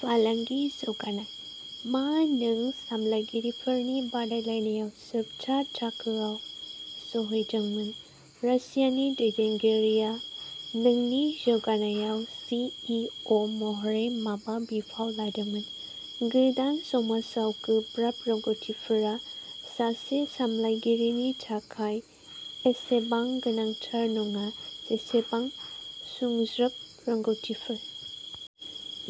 फालांगि जौगानाय। मा नों सामलायगिरिफोरनि बादायलायनायाव जोबथा थाखोआव सौहैदोंमोन रासियानि दैदेनगिरि आ नोंनि जौगानायाव सि. इ. अ. महरै माबा बिफाव लादोंमोन? गोदान समाजआव गोब्राब रोंग'थिफोरा सासे सामलायगिरिनि थाखाय एसेबां गोनांथार नङा जेसेबां सुंज्रोब रोंग'थिफोर।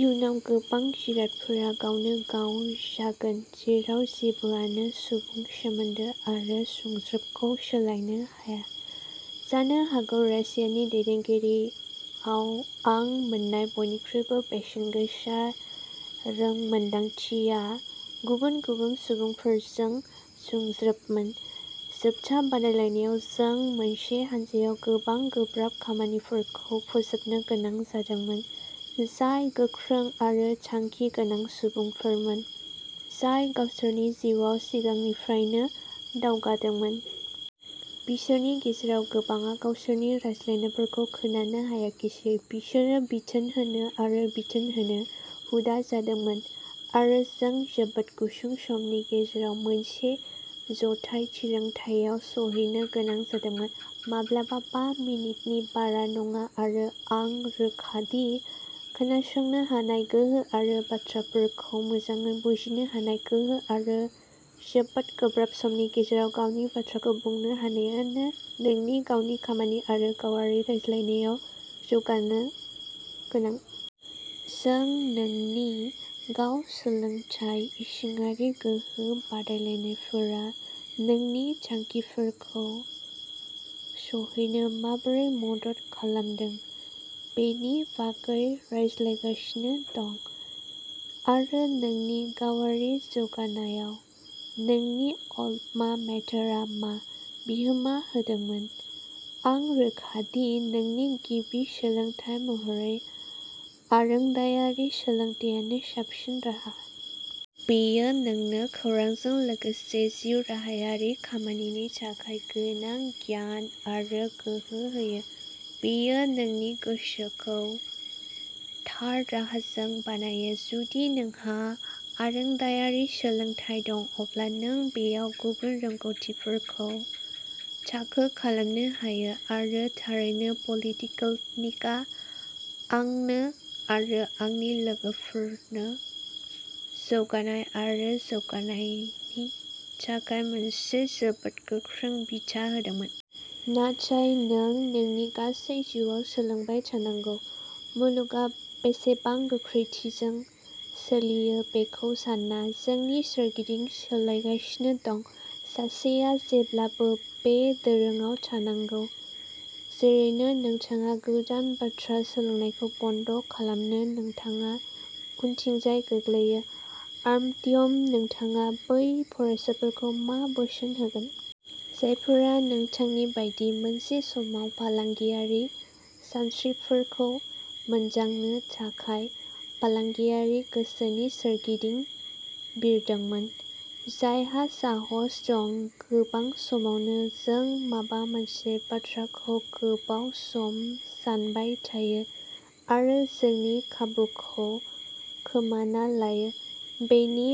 इयुनाव गोबां जिरादफोरा गावनो गाव जागोन जेराव जेबोआनो सुबुं सोमोन्दो आरो सुंज्रोबखौ सोलायनो हाया। जानो हागौ रासियानि दैदेनगिरि आव आं मोननाय बयनिख्रुइबो बेसेनगोसा रोंमोनदांथिया गुबुन गुबुन सुबुंफोरजों सुंज्रोबमोन। जोबथा बादायलायनायाव जों मोनसे हानजायाव गोबां गोब्राब खामानिफोरखौ फोजोबनो गोनां जादोंमोन जाय गोख्रों आरो थांखि गोनां सुबुंफोरमोन जाय गावसोरनि जिउआव सिगांनिफ्रायनो दावगादोंमोन। बिसोरनि गेजेराव गोबांआ गावसोरनि रायज्लायग्राफोरखौ खोनानो हायाखिसै। बिसोरो बिथोन होनो आरो बिथोन होनो हुदा जादोंमोन आरो जों जोबोद गुसुं समनि गेजेराव मोनसे जथाय थिरांथायाव सौहैनो गोनां जादोंमोन। माब्लाबा बा मिनिटनि बारा नङा। आरो आं रोखा दि खोनासंनो हानाय गोहो आरो बाथ्राफोरखौ मोजाङै बुजिनो हानाय गोहो आरो जोबोद गोब्राब समनि गेजेराव गावनि बाथ्राखौ बुंनो हानायानो नोंनि गावनि खामानि आरो गावारि रायज्लायनायाव जौगानो गोनां। जों नोंनि गाव सोलोंथाय इसिङारि गोहो बादायलायनायफोरा नोंनि थांखिफोरखौ सौहैनो माबोरै मदद खालामदों बेनि बागै रायज्लायगासिनो दं। आरो नोंनि गावारि जौगानायाव नोंनि अल्मा मेटारआ मा बिहोमा होदोंमोन? आं रोखा दि नोंनि गिबि सोलोंथाय महरै आरोंदायारि सोलोंथायानो साबसिन राहा। बेयो नोंनो खौरांजों लोगोसे जिउराहायारि खामानिनि थाखाय गोनां गियान आरो गोहो होयो; बेयो नोंनि गोसोखौ थार राहाजों बानायो। जुदि नोंहा आरोंदायारि सोलोंथाय दं अब्ला नों बेयाव गुबुन रोंग'थिफोरखौ थाखो खालामनो हायो। आरो थारैनो पलिटेकनिकआ आंनो आरो आंनि लोगोफोरनो जौगानाय आरो जौगानायनि थाखाय मोनसे जोबोद गोख्रों बिथा होदोंमोन। नाथाय नों नोंनि गासै जिउआव सोलोंबाय थानांगौ मुलुगआ बेसेबां गोख्रैथिजों सोलियो बेखौ सान्ना। जोंनि सोरगिदिं सोलायगासिनो दं। सासेआ जेब्लाबो बे दोरोंआव थानांगौ। जेरैनो नोंथाङा गोदान बाथ्रा सोलोंनायखौ बन्द खालामो नोंथाङा उनथिंजाय गोग्लैयो। आर्तियम नोंथाङा बै फरायसाफोरखौ मा बोसोन होगोन। जायफोरा नोंथांनि बायदि मोनसे समाव फालांगियारि सानस्रिफोरखौ मोनदांनो थाखाय फालांगियारि गोसोनि सोरगिदिं बिरदोंमोन? जायहा साहस दं गोबां समावनो जों माबा मोनसे बाथ्राखौ गोबाव सम सानबाय थायो आरो जोंनि खाबुखौ खोमाना लायो। बेनि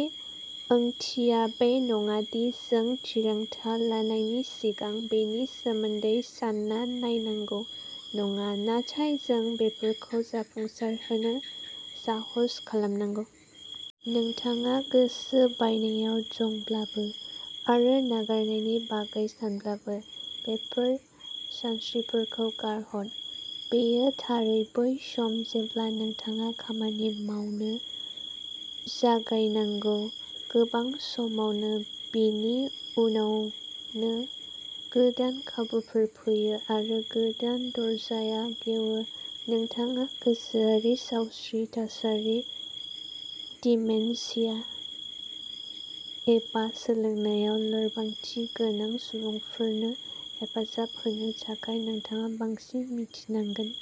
ओंथिया बे नङा दि जों थिरांथा लानायनि सिगां बेनि सोमोन्दै सानना नायनांगौ नङा नाथाय जों बेफोरखौ जाफुंसारहोनो साहस खालामनांगौ। नोंथाङा गोसो बायनायाव दंब्लाबो आरो नागारनायनि बागै सानब्लाबो बेफोर सानस्रिफोरखौ गारहर। बेयो थारै बै सम जेब्ला नोंथाङा खामानि मावनो जागायनांगौ। गोबां समावनो बेनि उनावनो गोदान खाबुफोर फैयो आरो गोदान दरजाया गेवो। नोंथाङा गोसोआरि सावस्रि थासारि दिमेनशिया एबा सोलोंनायाव लोरबांथि गोनां सुबुंफोरनो हेफाजाब होनो थाखाय नोंथाङा बांसिन मिथिनांगोन।